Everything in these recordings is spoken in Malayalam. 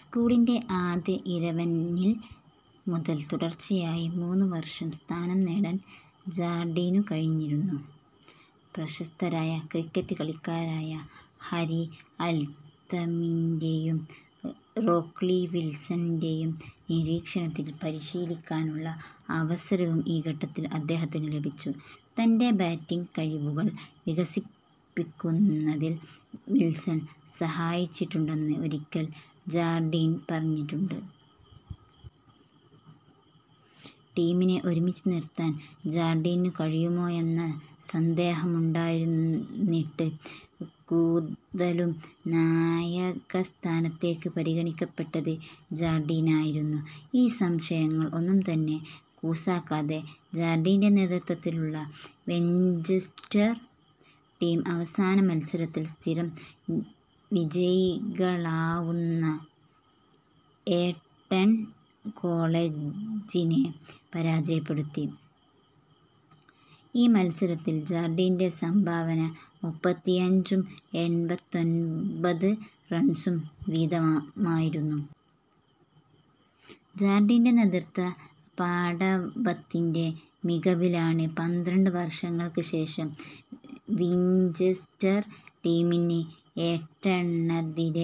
സ്കൂളിൻ്റെ ആദ്യ ഇലവനിൽ മുതൽ തുടർച്ചയായി മൂന്ന് വർഷം സ്ഥാനം നേടാൻ ജാർഡീനു കഴിഞ്ഞിരുന്നു. പ്രശസ്തരായ ക്രിക്കറ്റ് കളിക്കാരായ ഹാരി അൽതമിൻ്റേയും റോക്ലി വിൽസണിൻ്റേയും നിരീക്ഷണത്തിൽ പരിശീലിക്കാനുള്ള അവസരവും ഈ ഘട്ടത്തിൽ അദ്ദേഹത്തിനു ലഭിച്ചു. തൻ്റെ ബാറ്റിംഗ് കഴിവുകൾ വികസിപ്പിക്കുന്നതിൽ വിൽസൺ സഹായിച്ചിട്ടുണ്ടെന്ന് ഒരിക്കൽ ജാർഡീൻ പറഞ്ഞിട്ടുണ്ട്. ടീമിനെ ഒരുമിച്ച് നിർത്താൻ ജാർഡീനു കഴിയുമോ എന്ന സന്ദേഹമുണ്ടായിരുന്നിട്ട് കൂതലും നായകസ്ഥാനത്തേക്ക് പരിഗണിക്കപ്പെട്ടത് ജാർഡീനായിരുന്നു. ഈ സംശയങ്ങൾ ഒന്നും തന്നെ കൂസാക്കാതെ ജാർഡീൻ്റെ നേതൃത്തത്തിലുള്ള വിഞ്ചെസ്റ്റർ ടീം അവസാന മത്സരത്തിൽ സ്ഥിരം വിജയികളാവുന്ന ഏട്ടൺ കോളജിനെ പരാജയപ്പെടുത്തി. ഈ മത്സരത്തിൽ ജാർഡീൻ്റെ സംഭാവന മുപ്പത്തിഅഞ്ചും എൺപത്തിഒൻപത് റൺസും വീതമായിരുന്നു. ജാർഡീൻ്റെ നേതൃ പാഠവത്തിൻ്റെ മികവിലാണ് പന്ത്രണ്ട് വർഷങ്ങൾക്ക് ശേഷം വിഞ്ചെസ്റ്റർ ടീമിന് ഏട്ടണെതിര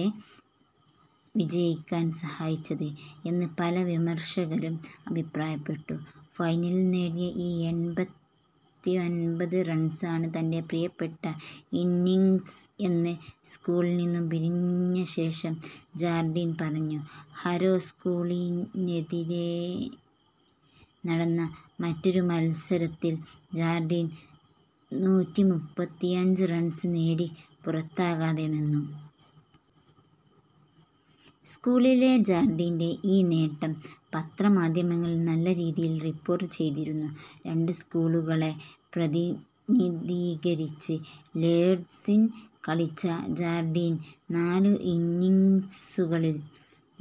വിജയിക്കാൻ സഹായിച്ചത് എന്ന് പല വിമർശകരും അഭിപ്രായപ്പെട്ടു. ഫൈനലിൽ നേടിയ ഈ എൺപത്തിഒൻപത് റൺസാണ് തൻ്റെ പ്രിയപ്പെട്ട ഇന്നിംഗ്സ് എന്ന് സ്കൂളിൽ നിന്നു പിരിഞ്ഞ ശേഷം ജാർഡീൻ പറഞ്ഞു. ഹാരോ സ്കൂളിനെതിരെ നടന്ന മറ്റൊരു മത്സരത്തിൽ ജാർഡീൻ നൂറ്റിമുപ്പത്തിഅഞ്ച് റൺസ് നേടി പുറത്താകാതെ നിന്നു. സ്കൂളിലെ ജാർഡീൻ്റെ ഈ നേട്ടം പത്ര മാധ്യമങ്ങളിൽ നല്ല രീതിയിൽ റിപ്പോർട്ട് ചെയ്തിരുന്നു. രണ്ട് സ്കൂളുകളെ പ്രതിനിധീകരിച്ച് ലോഡ്സിൽ കളിച്ച ജാർഡീൻ നാലു ഇന്നിംഗ്സുകളിൽ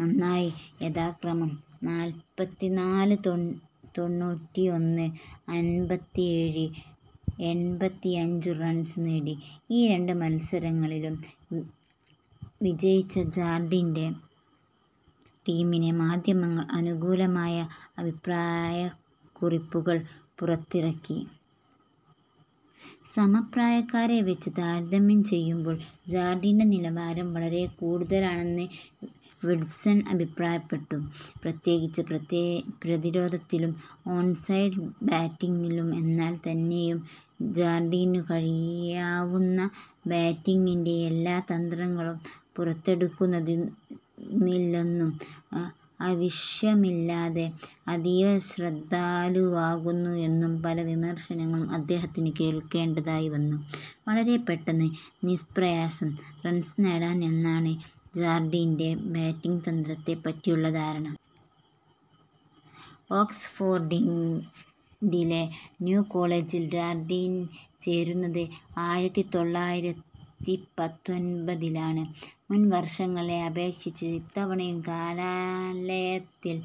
നിന്നായി യഥാക്രമം നാല്പത്തിനാല്, തൊണ്ണൂറ്റിഒന്ന്, അൻപത്തിഏഴ്, അൻപത്തിഅഞ്ചും റൺസ് നേടി, ഈ രണ്ട് മത്സരങ്ങളിലും വിജയിച്ച ജാർഡിൻ്റെ ടീമിനെ മാധ്യമങ്ങൾ അനുകൂലമായ അഭിപ്രായകുറിപ്പുകൾ പുറത്തിറക്കി. സമപ്രായക്കാരെ വച്ച് താരതമ്യം ചെയ്യുമ്പോൾ ജാർഡീൻ്റെ നിലവാരം വളരെ കൂടുതലാണന്ന് വിസ്ഡൺ അഭിപ്രായപ്പെട്ടു, പ്രത്യേകിച്ച് പ്രതിരോധത്തിലും ഓൺ സൈഡ് ബാറ്റിംഗിലും. എന്നാൽ തന്നെയും ജാർഡീനു കഴിയാവുന്ന ബാറ്റിംഗിൻ്റെ എല്ലാ തന്ത്രങ്ങളും പുറത്തെടുക്കുന്നില്ലെന്നും അവിശ്യമില്ലാതെ അതീവ ശ്രദ്ധാലുവാകുന്നു എന്നും പല വിമർശനങ്ങളും അദ്ദേഹത്തിന് കേൾക്കേണ്ടതായി വന്നു. വളരെ പെട്ടെന്ന് നിഷ്പ്രയാസം റൺസ് നേടാം എന്നാണ് ജാർഡീൻ്റെ ബാറ്റിംഗ് തന്ത്രത്തെ പറ്റിയുള്ള ധാരണ. ഓക്സ്ഫോർഡിലെ ന്യൂ കോളജിൽ ജാർഡീൻ ചേരുന്നത് ആയിരത്തിതൊള്ളായിരത്തിപത്തൊൻപതിലാണ്. മുൻ വർഷങ്ങളെ അപേക്ഷിച്ച് ഇത്തവണ കലാലയത്തിൽ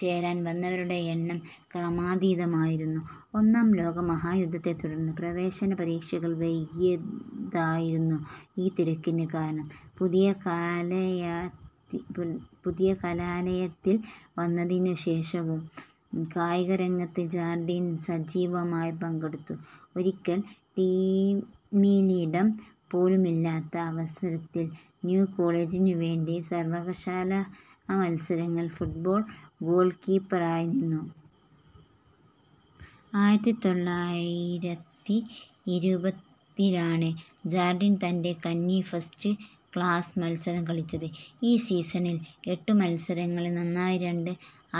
ചേരാൻ വന്നവരുടെ എണ്ണം ക്രമാതീതമായിരുന്നു. ഒന്നാം ലോകമഹായുദ്ധത്തെ തുടർന്ന് പ്രവേശന പരീക്ഷകൾ വൈകിയതായിരുന്നു ഈ തിരക്കിന് കാരണം. പുതിയ കാലലയ പുതിയ കലാലയത്തിൽ വന്നതിനു ശേഷവും കായിക രംഗത്ത് ജാർഡീൻ സജീവമായി പങ്കെടുത്തു, ഒരിക്കൽ ടീമിലിടം പോലുമില്ലാത്ത അവസരത്തിൽ ന്യൂ കോളജിനു വേണ്ടി സർവകശാല മത്സരത്തിൽ ഫുട്ബോൾ ഗോൾകീപ്പറായി നിന്നു. ആയിരത്തിതൊള്ളായിരത്തിഇരുപതിലാണ് ജാർഡീൻ തൻ്റെ കന്നി ഫസ്റ്റ് ക്ലാസ് മത്സരം കളിച്ചത്, ഈ സീസണിൽ എട്ടു മത്സരങ്ങളിൽ നിന്നായി രണ്ട്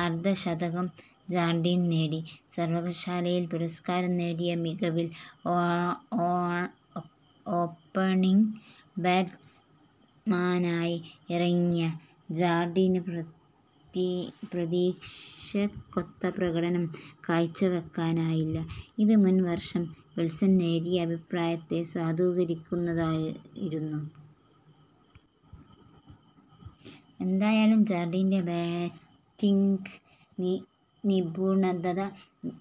അർദ്ധ ശതകം ജാർഡീൻ നേടി. സർവകലാശാലയിൽ പുരസ്കാരം നേടിയ മികവിൽ ഓപ്പണിംഗ് ബാറ്റ്സ്മാനായി ഇറങ്ങിയ ജാർഡീന് പ്രതീക്ഷക്കൊത്ത പ്രകടനം കാഴ്ചവയ്ക്കാനായില്ല, ഇത് മുൻ വർഷം വിസ്ഡൺ നടത്തിയ അഭിപ്രായത്തെ സാധൂകരിക്കുന്നതായിരുന്നു. എന്തായാലും ജാർഡീൻ്റെ ബാറ്റിംഗ് നിപുണത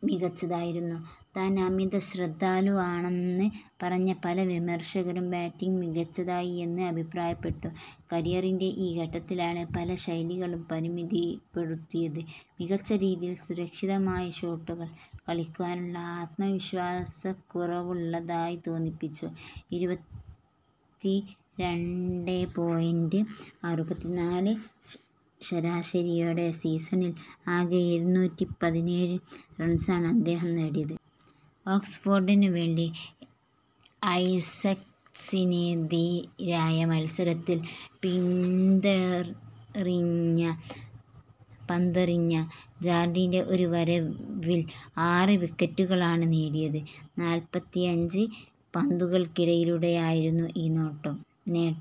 മികച്ചതായിരുന്നു, താൻ അമിത ശ്രദ്ധാലുവാണെന്ന് പറഞ്ഞ പല വിമർശകരും ബാറ്റിംഗ് മികച്ചതായി എന്ന് അഭിപ്രായപ്പെട്ടു. കരിയറിൻ്റെ ഈ ഘട്ടത്തിലാണ് പല ശൈലികളും പരിമിതപ്പെടുത്തിയത്, മികച്ച രീതിയിൽ സുരക്ഷിതമായി ഷോട്ടുകൾ കളിയ്ക്കാനുള്ള അത്മവിശ്വാസക്കുറവുള്ളതായി തോന്നിപ്പിച്ചു. ഇരുപത്തിരണ്ടെ പോയിൻ്റ് അറുപത്തിനാല് ശരാശരിയോടേ സീസണിൽ ആകെ ഇരുന്നൂറ്റിപതിനേഴ് റൺസാണ് അദ്ദേഹം നേടിയത്. ഓക്സ്ഫോർഡിനു വേണ്ടി ഐസെക്സിനെതിരായ മത്സരത്തിൽ പന്തെറിഞ്ഞ ജാർഡീൻ്റെ ഒരു വരവിൽ ആറ് വിക്കറ്റുകളാണ് നേടിയത് നാല്പത്തിഅഞ്ച് പന്തുകൾക്കിടയിലായിരുന്നൂ ഈ നേട്ടം.